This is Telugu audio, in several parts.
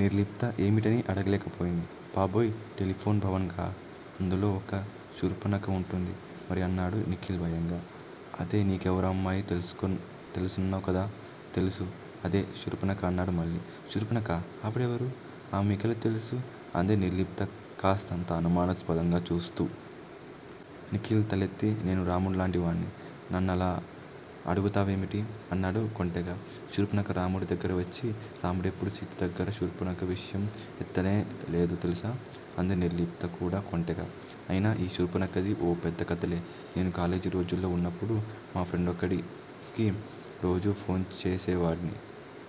నిర్లిప్త ఏమిటని అడగలేకపోయింది. బాబోయ్ టెలిఫోన్ భవన్ కా? అందులో ఒక శూర్పనక వుంటుంది మరి అన్నాడు నిఖిల్ భయంగా. అదే నీకెవరో అమ్మాయి తెలుసునన్నావ్ కదా! తెలుసు అదే శూర్పనఖ అన్నాడు మళ్ళీ. శూర్పనఖా ఆవిడెవరు? ఆమె మీకెలా తెలుసు? అంది నిర్లిప్త కాస్తంత అనుమానాస్పదంగా చూస్తూ. నిఖిల్ తలెత్తి నేను రాముడి లాంటివాన్ని. నన్నలా అడుగుతా వేమిటి? అన్నాడు కొంటెగా. శూర్పనఖ రాముడి దగ్గరకు వచ్చినా రాముడెప్పుడూ సీత దగ్గర శూర్పణఖ విషయం ఎత్తనే లేదు తెలుసా? అంది నిర్లిప్త కూడా కొంటెగా. అయినా ఈ శూర్పనఖది ఓ పెద్ద కథలే! నేను కాలేజీ రోజుల్లో వున్నప్పుడు మా ఫ్రెండొకడికి రోజూ ఫోన్ చేసేవాడ్ని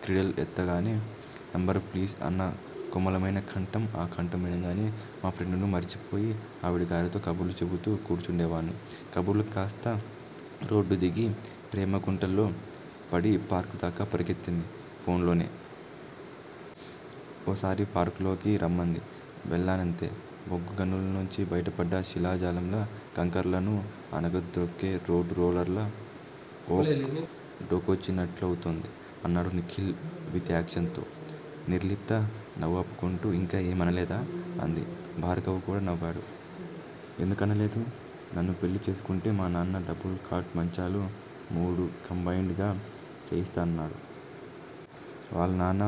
క్రెడిల్ ఎత్తగానే నంబర్ ప్లీజ్ అన్న కోమలమైన కంఠం ఆ కంఠం వినగానే మా ఫ్రెండును మర్చిపోయి ఆవిడగారితో కబుర్లు చెపుతూ కూర్చునేవాడ్ని కబుర్లు కాస్త రోడ్డు దిగి ప్రేమ గుంటల్లో పడి పార్క్ దాకా పరిగెత్తింది ఫోన్ లోనే. ఓసారి పార్క్లోకి రమ్మంది. వెళ్ళానంతే! బొగ్గు గనుల్లోంచి బయటపడ్డ శిలాజంలా కంకర్లను అణగద్రొక్కే రోడ్ రోలర్ లా 'ఓక్' డోకొచ్చినట్లవుతుంది అన్నాడు నిఖిల్ విత్ యాక్షన్ తో. నిర్లిప్త నవ్వాపుకుంటూ ఇంకా ఏమీ అనలేదా? అంది. భార్గవ్ కూడా నవ్వాడు. ఎందుకనలేదు. నన్ను పెళ్ళి చేసుకుంటే మా నాన్న డబుల్ కాట్ మంచాలు మూడు కంబైండ్ గా చేయిస్తన్నాడు. వాళ్ళ్ నాన్న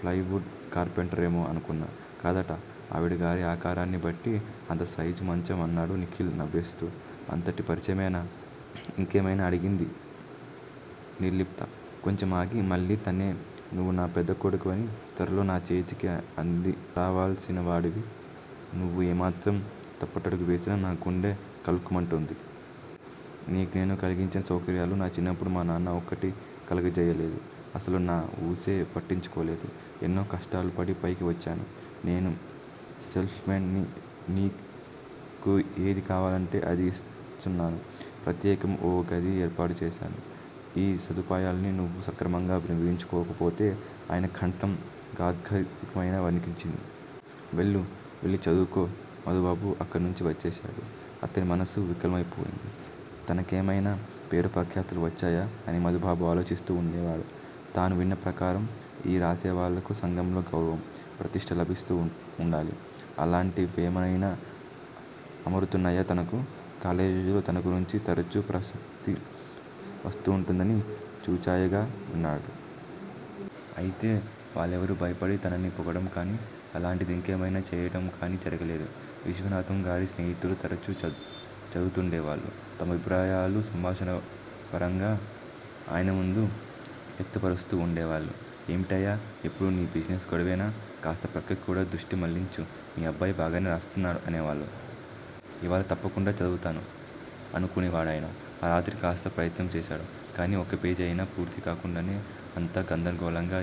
ఫ్లయివుడ్ కార్పెంటరేమో అనుకున్నా, కాదట ఆవిడగారి ఆకారాన్నిబట్టి అంత సైజు మంచం అన్నాడు నిఖిల్ నవ్వేస్తూ. అంతటి పరిచయమేనా? ఇంకేమైనా అడిగింది నిర్లిప్త. కొంచెం ఆగి, మళ్ళీ తనే నువ్వు నా పెద్దకొడుకువి. త్వరలో నా చేతికి అందిరావాల్సిన వాడివి. నువ్వు ఏమాత్రం తప్పటడుగు వేసినా నా గుండె కళుక్కుమంటుంది. నీకు నేను కలిగించిన సౌకర్యాలు, నా చిన్నప్పుడు మా నాన్న ఒక్కటీ కలుగజెయ్యలేదు. అసలు నా ఊసే పట్టించుకోలేదు. ఎన్నో కష్టాలుపడి పైకి వచ్చాను. నేను సెల్ఫ్ మేన్ ని. నీకు ఏది కావాలంటే అది యిస్తున్నాను. ప్రత్యేకం ఓ గది ఏర్పాటుచేశాను. ఈ సదుపాయాల్న్ని నువ్వ్ సక్రమంగా వినియోగించుకోకపోతే ఆయన కంఠం గాద్గదికమైన వణికించింది. వెళ్ళు. వెళ్ళి చదువుకో మధుబాబు అక్కడ్నుంచి వచ్చేశాడు. అతని మనస్సు వికలమైపోయింది. తన కేమైనా పేరుపఖ్యాతులు వచ్చాయా అని మధుబాబు ఆలోచిస్తూ వుండేవాడు. తాను విన్న ప్రకారం ఈ రాసేవాళ్ళకు సంఘంలో గౌరవం, ప్రతిష్ట లభిస్తూ వుండాలి. అలాంటివేమయినా అమురుతున్నాయా తనకు? కాలేజీలో తనగురించి తరుచు ప్రసక్తి వస్తూఉంటుందని చూచాయగా అన్నాడు. అయితే వాళ్ళెవరూ బయపడి తనని పొగడంకాని, అలాంటిదింకేమయినా చెయ్యడంకాని జరగలేదు. విశ్వనాథంగారి స్నేహితులు తరచు చదువుతూండేవాళ్లు. తమ అభిప్రాయాలు సంభాషణాపరంగా ఆయనముందు వ్యక్తపరుస్తూ వుండేవాళ్ళు ఏమిటయ్యా ఎప్పుడూ నీ బిజినెస్ గొడవేనా? కాస్త ప్రక్కకి కూడా దృష్టి మళ్ళించు. మీ అబ్బాయి బాగానే రాస్తున్నాడు అనేవాళ్ళు. ఇవాళ తప్పకుండా చదువుతాను అనుకునేవాడాయన. ఆ రాత్రి కాస్త ప్రయత్నం చేశాడు. కాని ఒక్కపేజి అయినా పూర్తికాకుండానే అంతా గందరగోళంగా,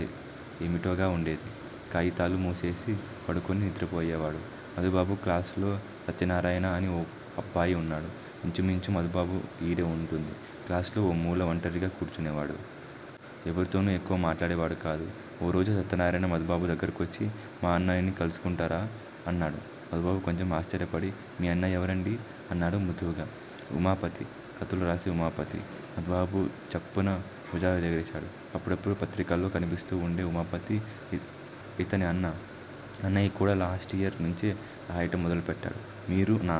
ఏమిటోగా వుండేది. కాయితాలు మూసేసి పడుకుని నిద్రపోయేవాడు. మధుబాబు క్లాసులో సత్యనారాయణ అని ఓ అబ్బాయి వున్నాడు. ఇంచుమించు మధుబాబు యీడే వుంటుంది. క్లాసులో ఓ మూల వంటరిగా కూర్చునే వాడు. ఎవరితోనూ ఎక్కువ్ మాట్టాడేవాడు కాదు. ఓ రోజు సత్యనారాయణ మధుబాబు దగ్గరకొచ్చి మా అన్నయ్యని కలుసుకుంటారా? అన్నాడు. మధుబాబు కొంచెం ఆశ్చర్యపడి మీ అన్నయ్య ఎవరండీ? అన్నాడు మృదువుగా. ఉమాపతి, కథలురాసే ఉమాపతి. మధుబాబు చప్పున భుజాలెగరేశాడు. అప్పుడప్పుడూ పత్రికల్లో కనిపిస్తూ వుండే ఉమాపతి యితని అన్నా? అన్నయ్యకూడా లాస్ట్ ఇయర్ నుంచి రాయటం మొదలుపెట్టాడు. మీరు నా